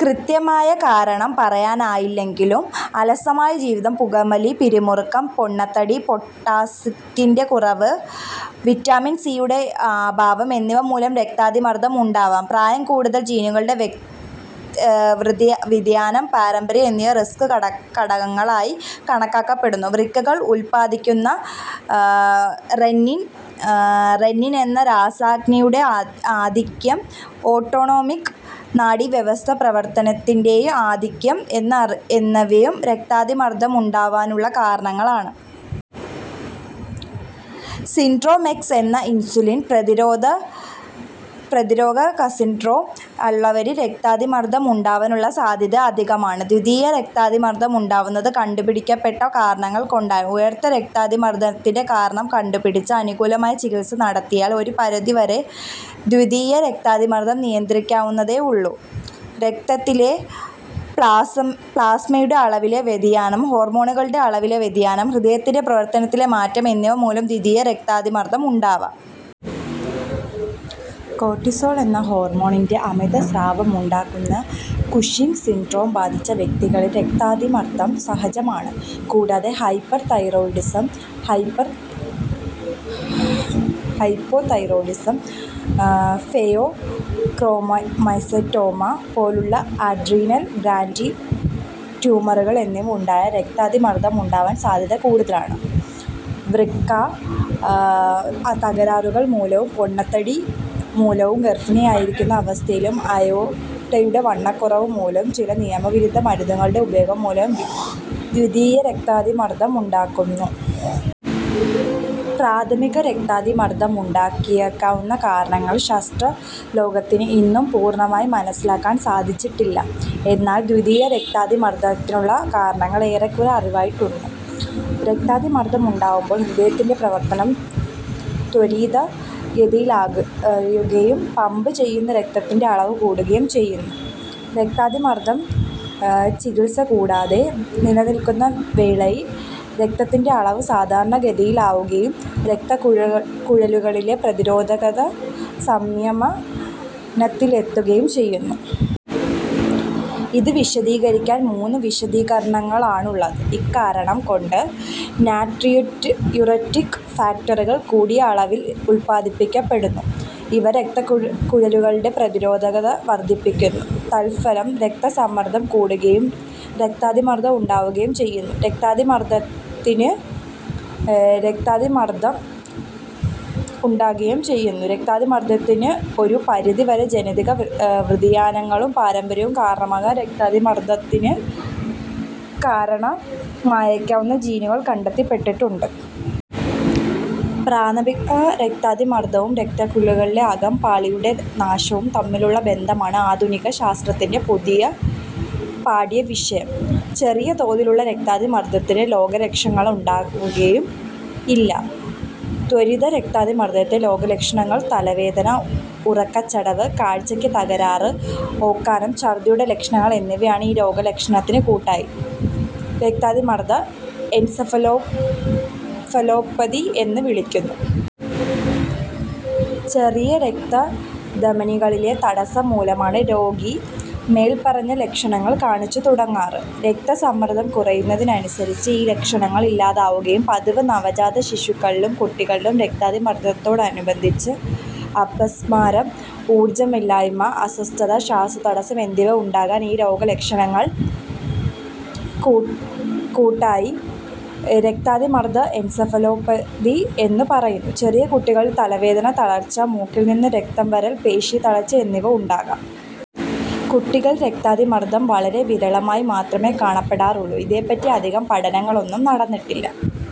കൃത്യമായ കാരണം പറയാനാവില്ലെങ്കിലും അലസമായ ജീവിതം, പുകവലി, പിരിമുറുക്കം, പൊണ്ണത്തടി, പൊട്ടാസ്യത്തിന്റെ കുറവ്, വിറ്റാമിൻ ഡിയുടെ അഭാവം എന്നിവ മൂലം രക്താതിമർദ്ദം ഉണ്ടാവാം. പ്രായക്കൂടുതൽ, ജീനുകളുടെ വ്യതിയാനം, പാരമ്പര്യം എന്നിവയും 'റിസ്ക് ഘടകങ്ങളായി' കണക്കാക്കപ്പെടുന്നു. വൃക്കകൾ ഉല്പാദിപ്പിക്കുന്ന റെന്നിൻ എന്ന രാസാഗ്നിയുടെ ആധിക്യം ഓട്ടോണോമിക് നാഡീവ്യവസ്ഥാപ്രവർത്തനത്തിന്റെ ആധിക്യം എന്നിവയും രക്താതിമർദ്ദമുണ്ടാവാനുള്ള കാരണങ്ങളാണ്. 'സിൻഡ്രോം എക്സ്' എന്ന ഇൻസുലിൻ പ്രതിരോധക സിൻഡ്രോം ഉള്ളവരിൽ രക്താതിമർദ്ദം ഉണ്ടാവാനുള്ള സാധ്യത അധികമാണ്. ദ്വിതീയ രക്താതിമർദ്ദം ഉണ്ടാവുന്നത് കണ്ടുപിടിക്കപ്പെട്ട കാരണങ്ങൾ കൊണ്ടാണ്. ഉയർന്ന രക്താതിമർദ്ദത്തിന്റെ കാരണം കണ്ടുപിടിച്ച് അനുകൂലമായ ചികിത്സ നടത്തിയാൽ ഒരു പരിധിവരെ ദ്വിതീയ രക്താതിമർദ്ദം നിയന്ത്രിക്കാവുന്നതേ ഉള്ളൂ. രക്തത്തിലെ പ്ളാസ്മയുടെ അളവിലെ വ്യതിയാനം, ഹോർമോണുകളുടെ അളവിലെ വ്യതിയാനം, ഹൃദയത്തിന്റെ പ്രവർത്തനത്തിലെ മാറ്റം എന്നിവ മൂലം ദ്വിതീയ രക്താതിമർദ്ദം ഉണ്ടാവാം. കോർട്ടിസോൾ എന്ന ഹോർമോണിന്റെ അമിതസ്രാവമുണ്ടാക്കുന്ന കുഷിങ് സിൻഡ്രോം ബാധിച്ച വ്യക്തികളിൽ രക്താതിമർദ്ദം സഹജമാണ്. കൂടാതെ, ഹൈപ്പർതൈറോയിഡിസം, ഹൈപ്പോതൈറോയിഡിസം, ഫേയോക്രോമൊസൈറ്റോമ പോലുള്ള അഡ്രീനൽ ഗ്രന്ഥി ട്യൂമറുകൾ എന്നിവ ഉണ്ടായാൽ രക്താതിമർദ്ദം ഉണ്ടാവാൻ സാധ്യത കൂടുതലാണ്. വൃക്ക തകരാറുകൾ മൂലവും, പൊണ്ണത്തടി മൂലവും, ഗർഭിണിയായിരിക്കുന്ന അവസ്ഥയിലും, അയോർട്ടയുടെ വണ്ണക്കുറവുമൂലവും, ചില നിയമവിരുദ്ധ മരുന്നുകളുടെ ഉപയോഗം മൂലവും ദ്വിതീയ രക്താതിമർദ്ദം ഉണ്ടാകുന്നു.: പ്രാഥമിക രക്താതിമർദ്ദമുണ്ടാക്കിയേക്കാവുന്ന കാരണങ്ങൾ ശാസ്ത്രലോകത്തിന് ഇന്നും പൂർണ്ണമായി മനസ്സിലാക്കാൻ സാധിച്ചിട്ടില്ല. എന്നാൽ ദ്വിതീയ രക്താതിമർദ്ദത്തിനുള്ള കാരണങ്ങൾ ഏറെക്കുറെ അറിവായിട്ടുണ്ട്. രക്താതിമർദ്ദം ഉണ്ടാവുമ്പോൾ ഹൃദയത്തിന്റെ പ്രവർത്തനം ത്വരിതഗതിയിലാകുകയും പമ്പ് ചെയ്യുന്ന രക്തത്തിന്റെ അളവ് കൂടുകയും ചെയ്യുന്നു. രക്താതിമർദ്ദം ചികിത്സ കൂടാതെ നിലനിൽക്കുന്ന വേളയിൽ രക്തത്തിന്റെ അളവ് സാധാരണ ഗതിയിലാവുകയും രക്തക്കുഴലുകളിലെ പ്രതിരോധകത സംയമനത്തിലെത്തുകയും ചെയുന്നു. ഇത് വിശദീകരിക്കാൻ മൂന്ന് വിശദീകരണങ്ങളാണുള്ളത്: ഇക്കാരണം കൊണ്ട് നാട്രിയൂററ്റിക് ഫാക്ടറുകൾ കൂടിയ അളവിൽ ഉല്പാദിപ്പിക്കപ്പെടുന്നു. ഇവ രക്തക്കുഴലുകളുടെ പ്രതിരോധകത വർദ്ധിപ്പിക്കുന്നു. തൽഫലം രക്തസമ്മർദ്ദം കൂടുകയും, രക്താതിമർദ്ദം ഉണ്ടാവുകയും ചെയ്യുന്നു. രക്താതിമർദ്ദത്തിന് ഒരു പരിധി വരെ ജനിതക വ്യതിയാനങ്ങളും പാരമ്പര്യവും കാരണമാകാം. രക്താതിമർദ്ദത്തിന് കാരണമായേക്കാവുന്ന ജീനുകൾ കണ്ടെത്തപ്പെട്ടിട്ടുണ്ട്. പ്രാഥമിക രക്താതിമർദ്ദവും രക്തക്കുഴലുകളിലെ അകം പാളിന്റെ നാശവും തമ്മിലുള്ള ബന്ധമാണ് ആധുനിക ശാസ്ത്രത്തിന്റെ പുതിയ പാഠ്യവിഷയം. ചെറിയതോതിലുള്ള രക്താതിമർദ്ദത്തിന് രോഗലക്ഷണങ്ങളുണ്ടാവുകയില്ല. ത്വരിത രക്താതിമർദ്ദത്തിന്റെ രോഗലക്ഷണങ്ങൾ തലവേദന, ഉറക്കച്ചടവ്, കാഴ്ചയ്ക്ക് തകരാറ്, ഓക്കാനം. ഛർദ്ദിയുടെ ലക്ഷണങ്ങൾ എന്നിവയാണ്. ഈ രോഗലക്ഷണങ്ങളെ കൂട്ടായി രക്താതിമർദ്ദ എൻസഫാലോപതി എന്നു വിളിക്കുന്നു. ചെറിയ രക്തധമനികളിലെ തടസ്സം മൂലമാണ് രോഗി മേൽപ്പറഞ്ഞ ലക്ഷണങ്ങൾ കാണിച്ചുതുടങ്ങാറ്. രക്തസമ്മർദ്ദം കുറയുന്നതിനനുസരിച്ച് ഈ ലക്ഷണങ്ങൾ ഇല്ലാതാവുകയാണ് പതിവ്. നവജാതശിശുക്കളിലും കുട്ടികളിലും രക്താതിമർദ്ദത്തോടനുബന്ധിച്ച് അപസ്മാരം, ഊർജ്ജമില്ലായ്മ, അസ്വസ്ഥത, ശ്വാസതടസ്സം എന്നിവ ഉണ്ടാകാം. ഈ രോഗലക്ഷണങ്ങളെ കൂട്ടായി രക്താതിമർദ്ദ എൻസഫാലോപതി എന്നു പറയുന്നു. ചെറിയ കുട്ടികളിൽ തലവേദന, തളർച്ച, മൂക്കിൽ നിന്നും രക്തം വരൽ, പേശീതളർച്ച എന്നിവ ഉണ്ടാകാം. കുട്ടികൾ രക്താതിമർദ്ദം വളരെ വിരളമായി മാത്രമേ കാണപ്പെടാറുള്ളൂ. ഇതേപ്പറ്റി അധികം പഠനങ്ങളൊന്നും നടന്നിട്ടില്ല